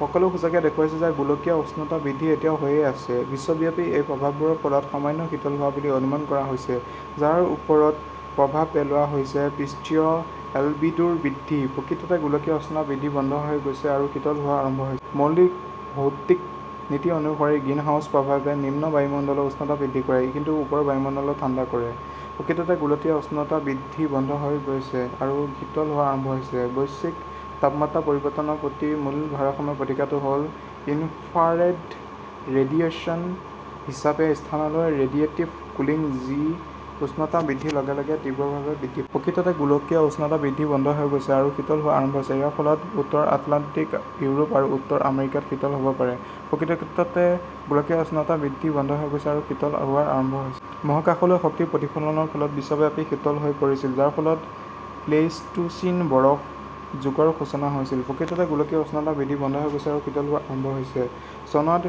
সকলো সূচকে দেখুৱাইছে যে গোলকীয় উষ্ণতা বৃদ্ধি এতিয়াও হৈয়েই আছে। বিশ্বব্যাপী, এই প্ৰভাৱবোৰৰ ফলত সামান্য শীতল হোৱা বুলি অনুমান কৰা হৈছে, যাৰ ওপৰত প্ৰভাৱ পেলোৱা হৈছে পৃষ্ঠীয় এলবিডোৰ বৃদ্ধি। "প্ৰকৃততে গোলকীয় উষ্ণতা বৃদ্ধি বন্ধ হৈ গৈছে আৰু শীতল হোৱা আৰম্ভ হৈছে। মৌলিক ভৌতিক নীতি অনুসৰি, গ্ৰীণহাউছ প্ৰভাৱে নিম্ন বায়ুমণ্ডলৰ উষ্ণতা বৃদ্ধি কৰে, কিন্তু ওপৰৰ বায়ুমণ্ডলৰ ঠাণ্ডা কৰে। "প্ৰকৃততে গোলকীয় উষ্ণতা বৃদ্ধি বন্ধ হৈ গৈছে আৰু শীতল হোৱা আৰম্ভ হৈছে। বৈশ্বিক তাপমাত্ৰা পৰিৱৰ্তনৰ প্ৰতি মূল ভাৰসাম্য প্ৰতিক্ৰিয়াটো হ "ল ইনফ্ৰাৰেড ৰেডিয়েশ্যন হিচাপে স্থানলৈ ৰেডিয়েটিভ কুলিং, যি উষ্ণতা বৃদ্ধিৰ লগে লগে তীব্ৰভাৱে বৃদ্ধি পায়। "প্ৰকৃততে গোলকীয় উষ্ণতা বৃদ্ধি বন্ধ হৈ গৈছে আৰু শীতল হোৱা আৰম্ভ হৈছে। ইয়াৰ ফলত উত্তৰ আটলাণ্টিক, ইউৰোপ আৰু উত্তৰ আমেৰিকাত শীতল হ "ব পাৰে। "প্ৰকৃততে গোলকীয় উষ্ণতা বৃদ্ধি বন্ধ হৈ গৈছে আৰু শীতল হোৱা আৰম্ভ হৈছে। মহাকাশলৈ শক্তিৰ প্ৰতিফলনৰ ফলত বিশ্বব্যাপী শীতল হৈ পৰিছিল, যাৰ ফলত প্লেইষ্টোচিন বৰফ যুগৰ সূচনা হৈছিল। "প্ৰকৃততে গোলকীয় উষ্ণতা বৃদ্ধি বন্ধ হৈ গৈছে আৰু শীতল হোৱা আৰম্ভ হৈছে। চনত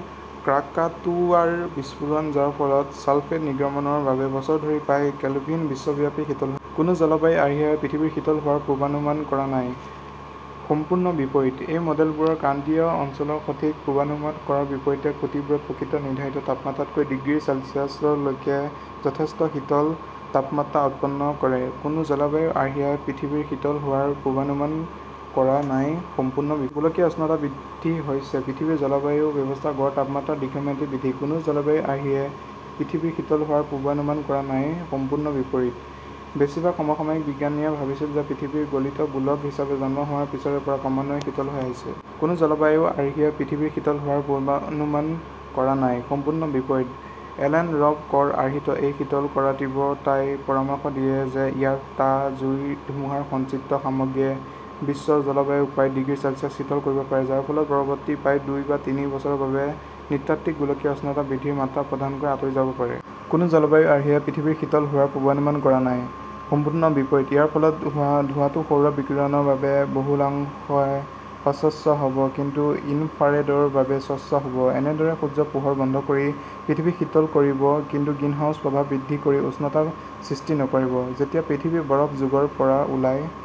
ক্ৰাকাটোৱাৰ বিস্ফোৰণ, যাৰ ফলত ছালফেট নিৰ্গমনৰ বাবে বছৰ ধৰি প্ৰায় কেলভিন বিশ্বব্যাপী শীতল হৈছিল। কোনো জলবায়ু আৰ্হিয়ে পৃথিৱীৰ শীতল হোৱাৰ পূৰ্বানুমান কৰা নাই-সম্পূৰ্ণ বিপৰীত। এই মডেলবোৰে ক্ৰান্তীয় অঞ্চলৰ সঠিক পূৰ্বানুমান কৰাৰ বিপৰীতে, খুঁটিবোৰত প্ৰকৃত নিৰ্ধাৰিত তাপমাত্ৰাতকৈ ডিগ্ৰী চেলছিয়াছ লৈকে যথেষ্ট শীতল তাপমাত্ৰা উৎপন্ন কৰে। কোনো জলবায়ু আৰ্হিয়ে পৃথিৱীৰ শীতল হোৱাৰ পূৰ্বানুমান কৰা নাই-সম্পূৰ্ণ বিপৰীত। গোলকীয় উষ্ণতা বৃদ্ধি হৈছে পৃথিৱীৰ জলবায়ু ব্যৱস্থাৰ গড় তাপমাত্ৰাৰ দীৰ্ঘম্যাদী বৃদ্ধি। কোনো জলবায়ু আৰ্হিয়ে পৃথিৱীৰ শীতল হোৱাৰ পূৰ্বানুমান কৰা নাই-সম্পূৰ্ণ বিপৰীত। বেছিভাগ সমসাময়িক বিজ্ঞানীয়ে ভাবিছিল যে পৃথিৱীখন গলিত গোলক হিচাপে জন্ম হোৱাৰ পিছৰে পৰা ক্ৰমান্বয়ে শীতল হৈ আহিছে। কোনো জলবায়ু আৰ্হিয়ে পৃথিৱীৰ শীতল হোৱাৰ পূৰ্বানুমান কৰা নাই-সম্পূৰ্ণ বিপৰীত। এলেন ৰব 'কৰ আৰ্হিত এই শীতল কৰাৰ তীব্ৰতাই পৰামৰ্শ দিয়ে যে ইয়াৰে টা জুইৰ ধুমুহাৰ সঞ্চিত সামগ্ৰীয়ে বিশ্বৰ জলবায়ুক প্ৰায় ডিগ্ৰী চেলছিয়াছ শীতল কৰিব পাৰে, যাৰ ফলত পৰৱৰ্তী প্ৰায় দুই বা তিনি বছৰৰ বাবে নৃতাত্ত্বিক গোলকীয় উষ্ণতা বৃদ্ধিৰ মাত্ৰা প্ৰধানকৈ আঁতৰি যাব পাৰে। কোনো জলবায়ু আৰ্হিয়ে পৃথিৱীৰ শীতল হোৱাৰ পূৰ্বানুমান কৰা নাই-সম্পূৰ্ণ বিপৰীত। ইয়াৰ ফলত হোৱা ধোঁৱাটো সৌৰ বিকিৰণৰ বাবে বহুলাংশে অস্বচ্ছ হ 'ব কিন্তু ইনফ্ৰাৰেডৰ বাবে স্বচ্ছ হ' ব, এনেদৰে সূৰ্য্যৰ পোহৰ বন্ধ কৰি পৃথিৱীক শীতল কৰিব, কিন্তু গ্ৰীণহাউছ প্ৰভাৱ বৃদ্ধি কৰি উষ্ণতা সৃষ্টি নকৰিব। যেতিয়া পৃথিৱী বৰফ যুগৰ পৰা ওলাই